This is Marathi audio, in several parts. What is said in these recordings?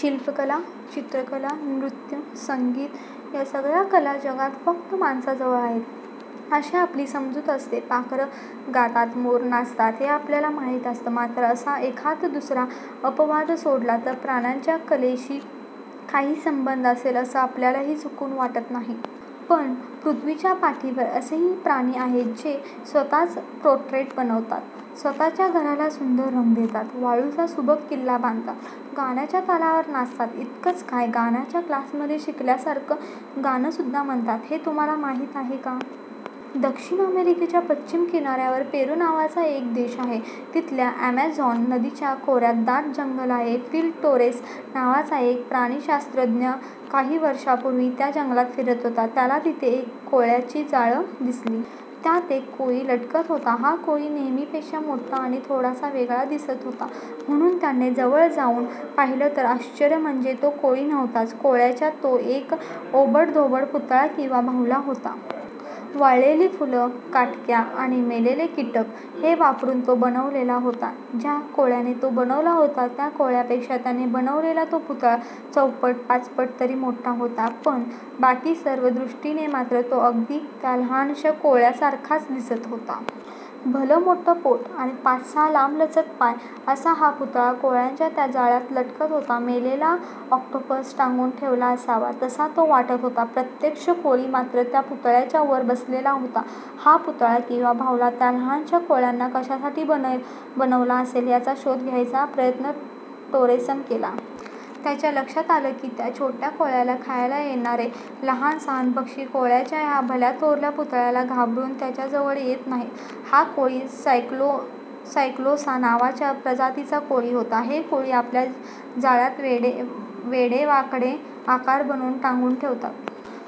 शिल्पकला, चित्रकला, नृत्य, संगीत या सगळ्या कला जगात फक्त माणसाजवळ आहेत अशी आपली समजूत असते. पाखरं गातात, मोर नाचतात हे आपल्याला माहीत असतं. मात्र असा एखाददुसरा अपवाद सोडला तर प्राण्यांचा कलेशी काही संबंध असेल असं आपल्याला चुकूनही वाटत नाही. पण पृथ्वीच्या पाठीवर असेही प्राणी आहेत, जे स्वतःचं पोर्ट्रेट बनवतात, स्वतःच्या घराला सुंदर रंग देतात, वाळूचा सुबक किल्ला बांधतात, गाण्याच्या तालावर नाचतात, इतकंच काय, गाण्याच्या क्लासमध्ये शिकल्यासारखं गाणंसुद्धा म्हणतात, हे तुम्हांला माहीत आहे का? दक्षिण अमेरिकेच्या पश्चिम किनाऱ्यावर पेरू नावाचा एक देश आहे. तिथल्या अॅमेझॉन नदीच्या खोऱ्यात दाट जंगल आहे. फिल टोरेस नावाचा एक प्राणिशास्त्रज्ञ काही वर्षांपूर्वी त्या जंगलात फिरत होता. त्याला तिथे एक कोळ्याचं जाळं दिसलं. त्यात एक कोळी लटकत होता. हा कोळी नेहमीपेक्षा मोठा आणि थोडासा वेगळा दिसत होता, म्हणून त्याने जवळ जाऊन पाहिलं तर आश्चर्य म्हणजे तो कोळी नव्हताच. कोळ्याचा तो एक ओबडधोबड पुतळा किंवा बाहुला होता. वाळलेली फुलं, काटक्या आणि मेलेले कीटक हे वापरून तो बनवलेला होता. ज्या कोळ्याने तो बनवला होता, त्या कोळ्यापेक्षा त्याने बनवलेला तो पुतळा चौपट-पाचपट तरी मोठा होता. पण बाकी सर्व दृष्टींनी मात्र तो अगदी त्या लहानशा कोळ्यासारखाच दिसत होता. भलंमोठं पोट आणि पाचसहा लांबलचक पाय, असा हा पुतळा कोळ्याच्या त्या जाळ्यात लटकत होता. मेलेला ऑक्टोपस टांगून ठेवला असावा, तसा तो वाटत होता. प्रत्यक्ष कोळी मात्र त्या पुतळ्याच्या वर बसलेला होता. हा पुतळा किंवा बाहुला त्या लहानशा कोळ्याने कशासाठी बनवला असेल याचा शोध घ्यायचा प्रयत्न टोरेसनं केला. त्याच्या लक्षात आलं की, त्या छोट्या कोळ्याला खायला येणारे लहान-सहान पक्षी कोळ्याच्या या भल्याथोरल्या पुतळ्याला घाबरून त्याच्याजवळ येत नाहीत. हा कोळी सायक्लोसा नावाच्या प्रजातीचा कोळी होता. हे कोळी आपल्या जाळ्यात वेडेवाकडे आकार बनवून टांगून ठेवतात.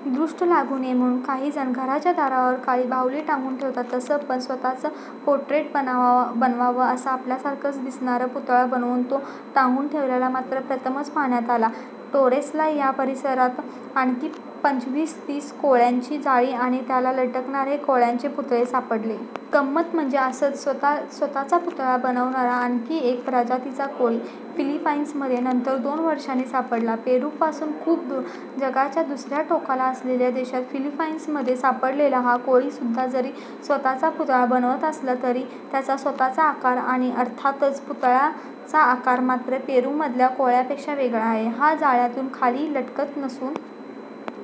दृष्ट लागू नये म्हणून काहीजण घराच्या दारावर काळी बाहुली टांगून ठेवतात, तसं! पण स्वतःचं पोर्ट्रेट बनवावं तसं आपल्यासारखाच दिसणारा पुतळा बनवून तो टांगून ठेवलेला मात्र प्रथमच पाहण्यात आला. टोरेसला या परिसरात आणखी पंचवीस-तीस कोळ्यांची जाळी आणि त्याला लटकणारे कोळ्यांचे पुतळे सापडले. गंमत म्हणजे असाच स्वतःचा पुतळा बनवणारा आणखी एका प्रजातीचा कोळी फिलिपाइन्समध्ये नंतर दोन वर्षांनी सापडला. पेरूपासून खूप दूर, जगाच्या दुसर्या टोकाला असलेल्या देशात. फिलिपाइन्समध्ये सापडलेला हा कोळीसुद्धा जरी स्वतःचा पुतळा बनवत असला तरी त्याचा स्वतःचा आकार आणि अर्थातच पुतळ्याचा आकार मात्र पेरूमधल्या कोळ्यापेक्षा वेगळा आहे. हा जाळ्यातून खाली लटकत नसून